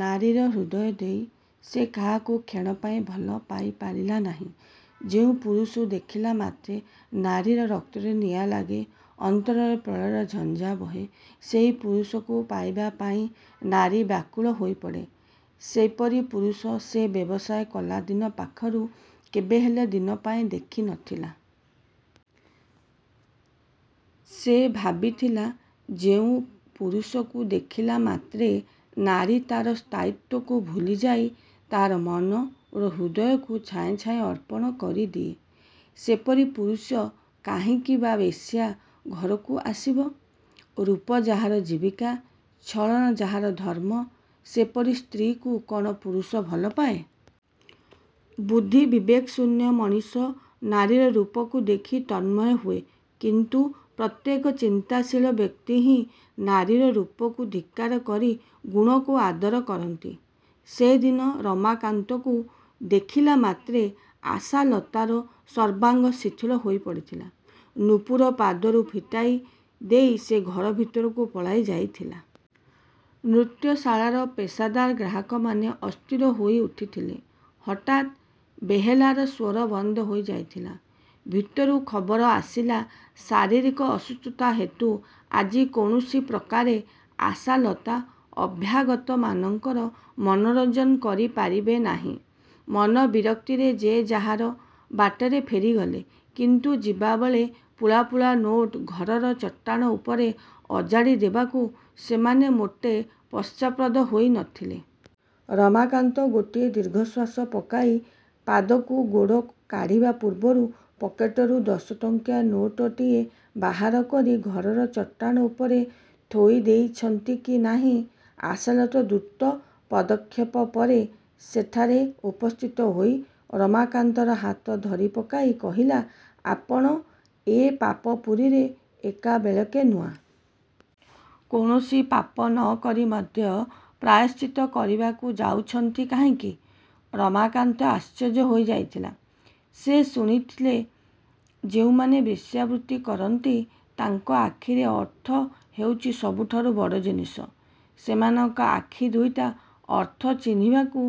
ନାରୀର ହୃଦୟ ଦେଇ ସେ କାହାକୁ କ୍ଷଣକ ପାଇଁ ଭଲ ପାଇପାରିଲା ନାହିଁ। ଯେଉଁ ପୁରୁଷକୁ ଦେଖିଲା ମାତ୍ରେ ନାରୀର ରକ୍ତରେ ନିଆଁ ଲାଗେ, ଅନ୍ତରରେ ପ୍ରଳୟର ଝଞ୍ଜା ବହେ, ସେହି ପୁରୁଷକୁ ପାଇବା ପାଇଁ ନାରୀ ବ୍ୟାକୁଳ ହୋଇପଡ଼େ। ସେପରି ପୁରୁଷ ସେ ବ୍ୟବସାୟ କଲା ଦିନ ପାଖରୁ କେବେହେଲେ ଦିନକ ପାଇଁ ଦେଖିନଥିଲା। ସେ ଭାବିଥିଲା ଯେଉଁ ପୁରୁଷକୁ ଦେଖିଲା ମାତ୍ରେ ନାରୀ ତା'ର ସ୍ଥାୟିତ୍ୱକୁ ଭୁଲିଯାଇ ତା'ର ମନ ଓ ହୃଦୟକୁ ଛାଏଁ ଛାଏଁ ଅର୍ପଣ କରିଦିଏ ସେପରି ପୁରୁଷ କାହିଁକି ବା ବେଶ୍ୟା ଘରକୁ ଆସିବ? ରୂପ ଯାହାର ଜୀବିକା, ଛଳନା ଯାହାର ଧର୍ମ ସେପରି ସ୍ତ୍ରୀକୁ କ'ଣ ପୁରୁଷ ଭଲପାଏ? ବୁଦ୍ଧି ବିବେକ ଶୂନ୍ୟ ମଣିଷ ନାରୀର ରୂପ ଦେଖି ତନ୍ମୟ ହୁଏ କିନ୍ତୁ ପ୍ରତ୍ୟେକ ଚିନ୍ତାଶୀଳ ବ୍ୟକ୍ତି ହିଁ ନାରୀର ରୂପକୁ ଧିକ୍କାର କରି ଗୁଣକୁ ଆଦର କରନ୍ତି। ସେଦିନ ରମାକାନ୍ତକୁ ଦେଖିଲାମାତ୍ରେ ଆଶାଲତାର ସର୍ବାଙ୍ଗ ଶିଥିଳ ହୋଇପଡ଼ିଥିଲା। ନୂପୁର ପାଦରୁ ଫିଟାଇ ଦେଇ ସେ ଘର ଭିତରକୁ ପଳାଇ ଯାଇଥିଲା। ନୃତ୍ୟଶାଳାର ପେଶାଦାର ଗ୍ରାହକମାନେ ଅସ୍ଥିର ହୋଇଉଠିଥିଲେ। ହଠାତ୍ ବେହେଲାର ସ୍ୱର ବନ୍ଦ ହୋଇଯାଇଥିଲା। ଭିତରୁ ଖବର ଆସିଲା ଶାରୀରିକ ଅସୁସ୍ଥତା ହେତୁ ଆଜି କୌଣସି ପ୍ରକାରେ ଆଶାଲତା ଅଭ୍ୟାଗତମାନଙ୍କର ମନୋରଞ୍ଜନ କରିପାରିବେ ନାହିଁ। ମନ ବିରକ୍ତିରେ ଯେ ଯାହାର ବାଟରେ ଫେରିଗଲେ କିନ୍ତୁ ଯିବାବେଳେ ପୁଳା ପୁଳା ନୋଟ ଘରର ଚଟାଣ ଉପରେ ଅଜାଡ଼ି ଦେବାକୁ ସେମାନେ ମୋଟେ ପଶ୍ଚାତ୍ପଦ ହୋଇନଥିଲେ। ରମାକାନ୍ତ ଗୋଟାଏ ଦୀର୍ଘଶ୍ୱାସ ପକାଇ ପଦାକୁ ଗୋଡ଼ କାଢ଼ିବା ପୂର୍ବରୁ ପକେଟରୁ ଦଶଟଙ୍କିଆ ନୋଟଟିଏ ବାହାର କରି ଘରର ଚଟାଣ ଉପରେ ଥୋଇଦେଇଛନ୍ତି କି ନାହିଁ ଆଶାଲତା ଦ୍ରୁତ ପଦକ୍ଷେପରେ ସେଠାରେ ଉପସ୍ଥିତ ହୋଇ ରମାକାନ୍ତର ହାତ ଧରିପକାଇ କହିଲା, ''ଆପଣ ଏ ପାପପୁରୀରେ ଏକାବେଳକେ ନୂଆ। କୌଣସି ପାପ ନ କରି ମଧ୍ୟ ପ୍ରାୟଶ୍ଚିତ କରିବାକୁ ଯାଉଛନ୍ତି କାହିଁକି? '' ରମାକାନ୍ତ ଆଶ୍ଚର୍ଯ୍ୟ ହୋଇଯାଇଥିଲେ। ସେ ଶୁଣିଥିଲେ ଯେଉଁମାନେ ବେଶ୍ୟାବୃତ୍ତି କରନ୍ତି ତାଙ୍କ ଆଖିରେ ଅର୍ଥ ହେଉଛି ସବୁଠାରୁ ବଡ଼ ଜିନିଷ। ସେମାନଙ୍କ ଆଖି ଦୁଇଟା ଅର୍ଥ ଚିହ୍ନିବାକୁ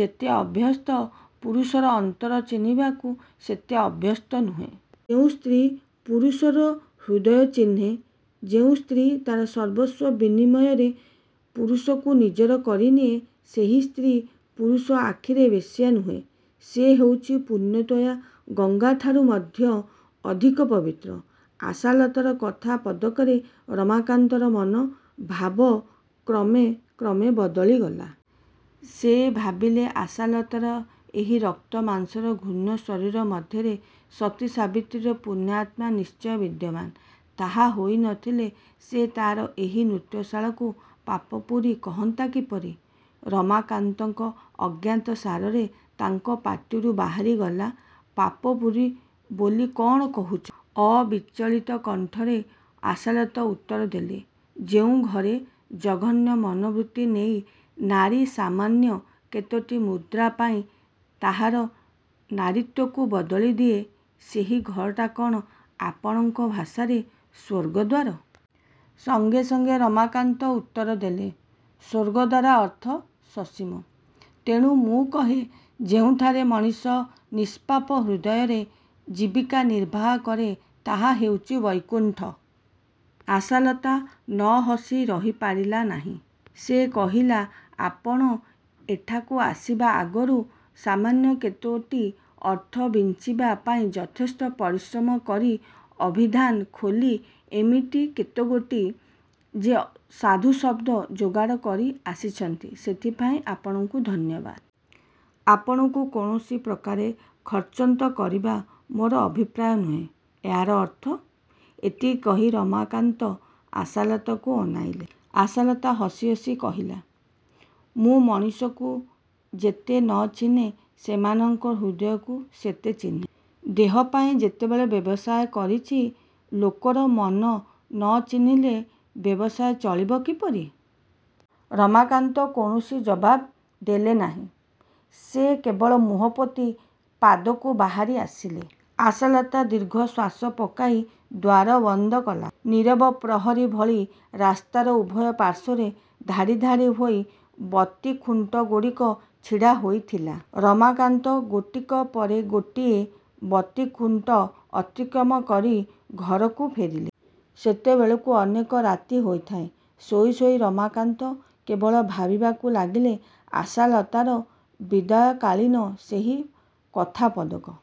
ଯେତେ ଅଭ୍ୟସ୍ତ ପୁରୁଷର ଅନ୍ତର ଚିହ୍ନିବାକୁ ସେତେ ଅଭ୍ୟସ୍ତ ନୁହେଁ। ଯେଉଁ ସ୍ତ୍ରୀ ପୁରୁଷର ହୃଦୟ ଚିହ୍ନେ, ଯେଉଁ ସ୍ତ୍ରୀ ତା'ର ସର୍ବସ୍ୱ ବିନିମୟରେ ପୁରୁଷକୁ ନିଜର କରିନିଏ, ସେହି ସ୍ତ୍ରୀ ପୁରୁଷ ଆଖିରେ ବେଶ୍ୟା ନୁହେଁ। ସେ ହେଉଛି ପୁଣ୍ୟତୋୟା, ଗଙ୍ଗାଠାରୁ ମଧ୍ୟ ଅଧିକ ପବିତ୍ର। ଆଶାଲତାର କଥା ପଦକରେ ରମାକାନ୍ତର ମନର ଭାବ କ୍ରମେ କ୍ରମେ ବଦଳିଗଲା। ସେ ଭାବିଲେ ଆଶାଲତାର ଏହି ରକ୍ତମାଂସର ଘୃଣ୍ୟ ଶରୀର ମଧ୍ୟରେ ସତୀସାବିତ୍ରୀର ପୁଣ୍ୟାତ୍ମା ନିଶ୍ଚୟ ବିଦ୍ୟବାନ। ତାହା ହୋଇନଥିଲେ ସେ ତାହାର ଏହି ନୃତ୍ୟଶାଳାକୁ ପାପପୁରୀ କହନ୍ତା କିପରି? ରମାକାନ୍ତଙ୍କ ଅଜ୍ଞାତସାରରେ ତାଙ୍କ ପାଟିରୁ ବାହାରିଗଲା, ''ପାପପୁରୀ ବୋଲି କ'ଣ କହୁଛ? '' ଅବିଚଳିତ କଣ୍ଠରେ ଆଶାଲତା ଉତ୍ତରଦେଲା ''ଯେଉଁ ଘରେ ଜଘନ୍ୟ ମନୋବୃତ୍ତି ନେଇ ନାରୀ ସାମାନ୍ୟ କେତୋଟି ମୁଦ୍ରା ପାଇଁ ତାହାର ନାରୀତ୍ୱକୁ ବଳିଦିଏ, ସେହି ଘରଟା କ'ଣ ଆପଣଙ୍କ ଭାଷାରେ ସ୍ୱର୍ଗଦ୍ୱାର? '' ସଙ୍ଗେ ସଙ୍ଗେ ରମାକାନ୍ତ ଉତ୍ତରଦେଲେ ''ସ୍ୱର୍ଗଦ୍ୱାର ଅର୍ଥ ସସୀମ। ତେଣୁ ମୁଁ କହେ ଯେଉଁଠାରେ ମଣିଷ ନିଷ୍ପାପ ହୃଦୟରେ ଜୀବିକା ନିର୍ବାହ କରେ ତାହା ହେଉଛି ବୈକୁଣ୍ଠ। '' ଆଶାଲତା ନ ହସି ରହିପାରିଲା ନାହିଁ। ସେ କହିଲା ''ଆପଣ ଏଠାକୁ ଆସିବା ଆଗରୁ ସାମାନ୍ୟ କେତୋଟି ଅର୍ଥ ବଞ୍ଚାଇବା ପାଇଁ ଯଥେଷ୍ଟ ପରିଶ୍ରମ କରି ଅଭିଧାନ ଖୋଲି ଏମିତି କେତେଗୋଟି ଯେ ସାଧୁଶବ୍ଦ ଯୋଗାଡ଼ କରି ଆସିଛନ୍ତି ସେଥିପାଇଁ ଆପଣଙ୍କୁ ଧନ୍ୟବାଦ। ଆପଣଙ୍କୁ କୌଣସି ପ୍ରକାରେ ଖର୍ଚ୍ଚାନ୍ତ କରିବା ମୋର ଅଭିପ୍ରାୟ ନୁହେଁ। '' ''ଏହାର ଅର୍ଥ? '' ଏତିକି କହି ରମାକାନ୍ତ ଆଶାଲତାକୁ ଅନାଇଲେ। ଆଶାଲତା ହସି ହସି କହିଲା, ''ମୁଁ ମଣିଷକୁ ଯେତେ ନ ଚିହ୍ନେ ସେମାନଙ୍କର ହୃଦୟକୁ ସେତେ ଚିହ୍ନେ। ଦେହ ପାଇଁ ଯେତେବେଳେ ବ୍ୟବସାୟ କରିଛି ଲୋକର ମନ ନ ଚିହ୍ନିଲେ ବ୍ୟବସାୟ ଚଳିବ କିପରି? '' ରମାକାନ୍ତ କୌଣସି ଜବାବ୍ ଦେଲେ ନାହିଁ। ସେ କେବଳ ମୁହଁପୋତି ପଦାକୁ ବାହାରି ଆସିଲେ। ଆଶାଲତା ଦୀର୍ଘଶ୍ୱାସ ପକାଇ ଦ୍ୱାର ବନ୍ଦ କଲା। ନୀରବ ପ୍ରହରୀ ଭଳି ରାସ୍ତାର ଉଭୟ ପାର୍ଶ୍ୱରେ ଧାଡ଼ି ଧାଡ଼ି ହୋଇ। ବତୀଖୁଣ୍ଟଗୁଡ଼ିକ ଛିଡ଼ା ହୋଇଥିଲେ। ରମାକାନ୍ତ ଗୋଟିକ ପରେ ଗୋଟିଏ ବତୀଖୁଣ୍ଟ ଅତିକ୍ରମ କରି ଘରକୁ ଫେରିଲେ। ସେତେବେଳକୁ ଅନେକ ରାତି ହୋଇଥାଏ। ଶୋଇ ଶୋଇ ରମାକାନ୍ତ କେବଳ ଭାବିବାକୁ ଲାଗିଲେ ଆଶାଲତାର ବିଦାୟକାଳୀନ ସେହି କଥାପଦକ।